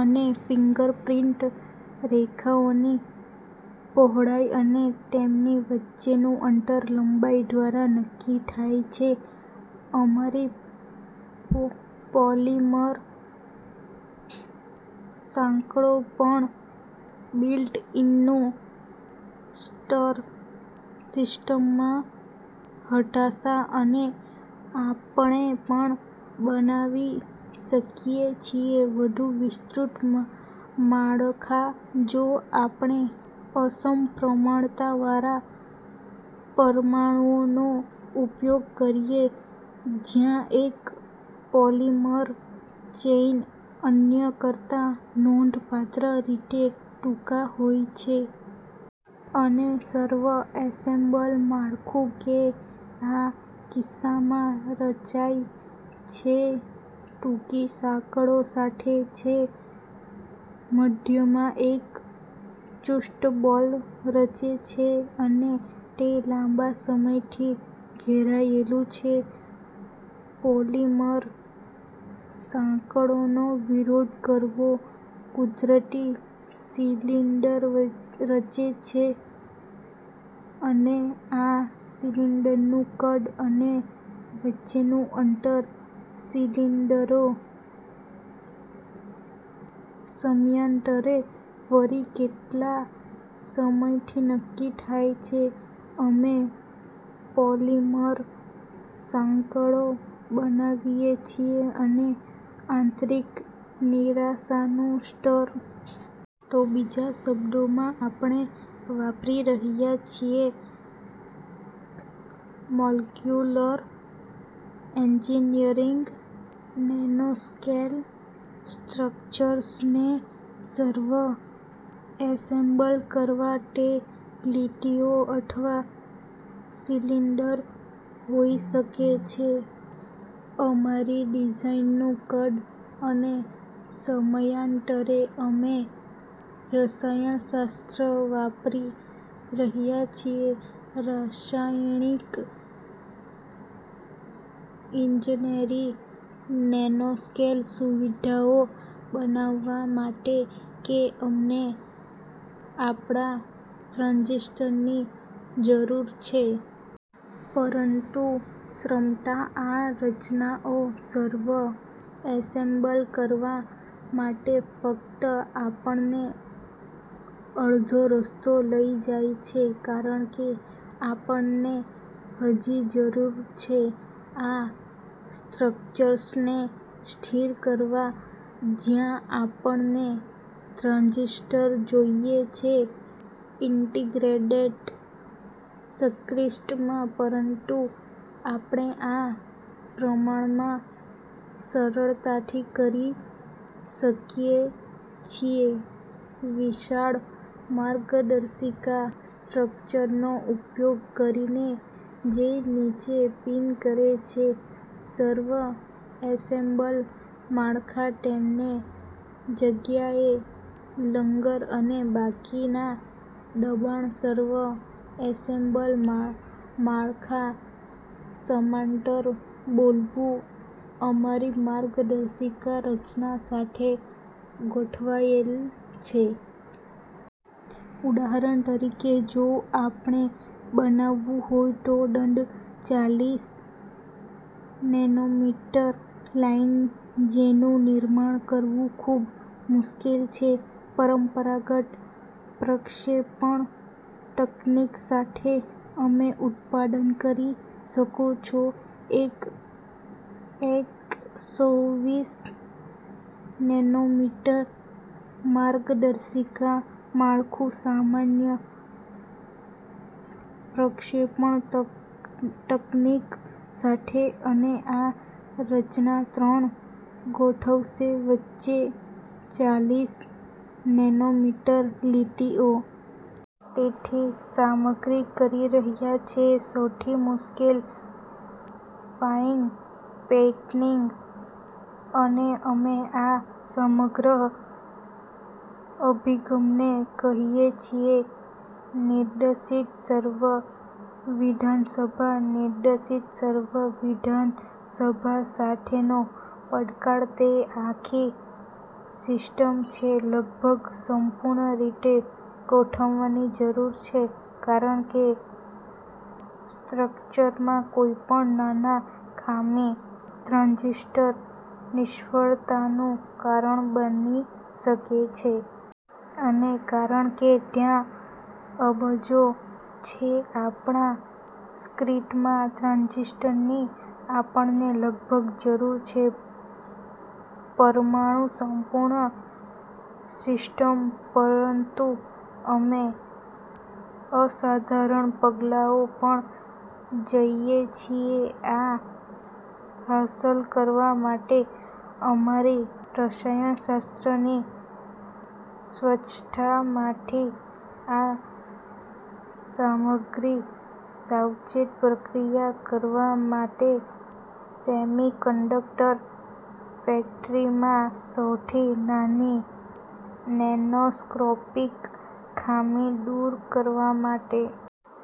અને ફિંગરપ્રિન્ટ રેખાઓની પહોળાઈ અને તેમની વચ્ચેનું અંતર લંબાઈ દ્વારા નક્કી થાય છે અમારી પોલિમર સાંકળો પણ બિલ્ટ-ઇનનું સ્તર સિસ્ટમમાં હતાશા. અને આપણે પણ બનાવી શકીએ છીએ વધુ વિસ્તૃત માળખાં જો આપણે અસમપ્રમાણતાવાળા પરમાણુઓનો ઉપયોગ કરીએ, જ્યાં એક પોલિમર ચેઇન અન્ય કરતા નોંધપાત્ર રીતે ટૂંકા હોય છે. અને સ્વ-એસેમ્બલ માળખું કે આ કિસ્સામાં રચાય છે ટૂંકી સાંકળો સાથે છે મધ્યમાં એક ચુસ્ત બોલ રચે છે, અને તે લાંબા સમયથી ઘેરાયેલું છે, પોલિમર સાંકળોનો વિરોધ કરવો, કુદરતી સિલિન્ડર રચે છે. અને આ સિલિન્ડરનું કદ અને વચ્ચેનું અંતર સિલિન્ડરો, સમયાંતરે, ફરી કેટલા સમયથી નક્કી થાય છે અમે પોલિમર સાંકળો બનાવીએ છીએ અને આંતરિક નિરાશાનું સ્તર. તો બીજા શબ્દોમાં, આપણે વાપરી રહ્યા છીએ મોલેક્યુલર એન્જિનિયરિંગ નેનોસ્કેલ સ્ટ્રક્ચર્સને સ્વ-એસેમ્બલ કરવા તે લીટીઓ અથવા સિલિન્ડર હોઈ શકે છે અમારી ડિઝાઇનનું કદ અને સમયાંતરે. અમે રસાયણશાસ્ત્ર વાપરી રહ્યા છીએ, રાસાયણિક ઇજનેરી, નેનોસ્કેલ સુવિધાઓ બનાવવા માટે કે અમને આપણા ટ્રાંઝિસ્ટરની જરૂર છે. પરંતુ ક્ષમતા આ રચનાઓ સ્વ-એસેમ્બલ કરવા માટે ફક્ત આપણને અડધો રસ્તો લઈ જાય છે, કારણ કે આપણને હજી જરૂર છે આ સ્ટ્રક્ચર્સને સ્થિત કરવા જ્યાં આપણને ટ્રાંઝિસ્ટર જોઈએ છે ઇન્ટિગ્રેટેડ સર્કિટમાં. પરંતુ આપણે આ પ્રમાણમાં સરળતાથી કરી શકીએ છીએ વિશાળ માર્ગદર્શિકા સ્ટ્રક્ચર્સનો ઉપયોગ કરીને જે નીચે પિન કરે છે સ્વ-એસેમ્બલ માળખાં, તેમને જગ્યાએ લંગર અને બાકીના દબાણ સ્વ-એસેમ્બલ માળખાં સમાંતર બોલવું, અમારી માર્ગદર્શિકા રચના સાથે ગોઠવાયેલ છે. ઉદાહરણ તરીકે, જો આપણે બનાવવું હોય તો દંડ, ચાલીસ નેનોમીટર લાઇન, જેનું નિર્માણ કરવું ખૂબ મુશ્કેલ છે પરંપરાગત પ્રક્ષેપણ તકનીક સાથે, અમે ઉત્પાદન કરી શકો છો એક એકસોવીસ નેનોમીટર માર્ગદર્શિકા માળખું સામાન્ય પ્રક્ષેપણ તકનીક સાથે, અને આ રચના ત્રણ ગોઠવશે વચ્ચે ચાલીસ નેનોમીટર લીટીઓ. તેથી સામગ્રી કરી રહ્યા છે સૌથી મુશ્કેલ ફાઇન પેટર્નિંગ. અને અમે આ સમગ્ર અભિગમને કહીએ છીએ "નિર્દેશિત સ્વ-વિધાનસભા. " નિર્દેશિત સ્વ-વિધાનસભા સાથેનો પડકાર તે આખી સિસ્ટમ છે લગભગ સંપૂર્ણ રીતે ગોઠવવાની જરૂર છે, કારણ કે સ્ટ્રક્ચરમાં કોઈપણ નાના ખામી ટ્રાંઝિસ્ટર નિષ્ફળતાનું કારણ બની શકે છે. અને કારણ કે ત્યાં અબજો છે આપણા સર્કિટમાં ટ્રાંઝિસ્ટરની, આપણને લગભગ જરૂર છે પરમાણુ સંપૂર્ણ સિસ્ટમ. પરંતુ અમે અસાધારણ પગલાઓ પર જઈએ છીએ આ હાંસલ કરવા માટે, અમારી રસાયણશાસ્ત્રની સ્વચ્છતામાંથી આ સામગ્રી સાવચેત પ્રક્રિયા કરવા માટે સેમિકન્ડક્ટર ફેક્ટરીમાં સૌથી નાની નેનોસ્કોપિક ખામી દૂર કરવા માટે.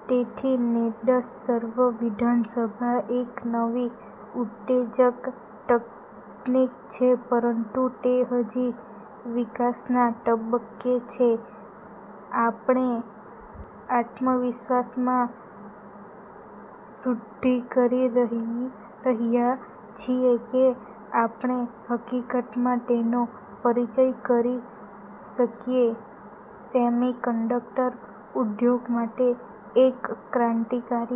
તેથી નિર્દેશિત સ્વ-વિધાનસભા એક નવી ઉત્તેજક તકનીક છે, પરંતુ તે હજી વિકાસના તબક્કે છે. આપણે આત્મવિશ્વાસમાં વૃદ્ધિ કરી રહ્યા છીએ કે આપણે, હકીકતમાં, તેનો પરિચય કરી શકીએ સેમિકન્ડક્ટર ઉદ્યોગ માટે એક ક્રાંતિકારી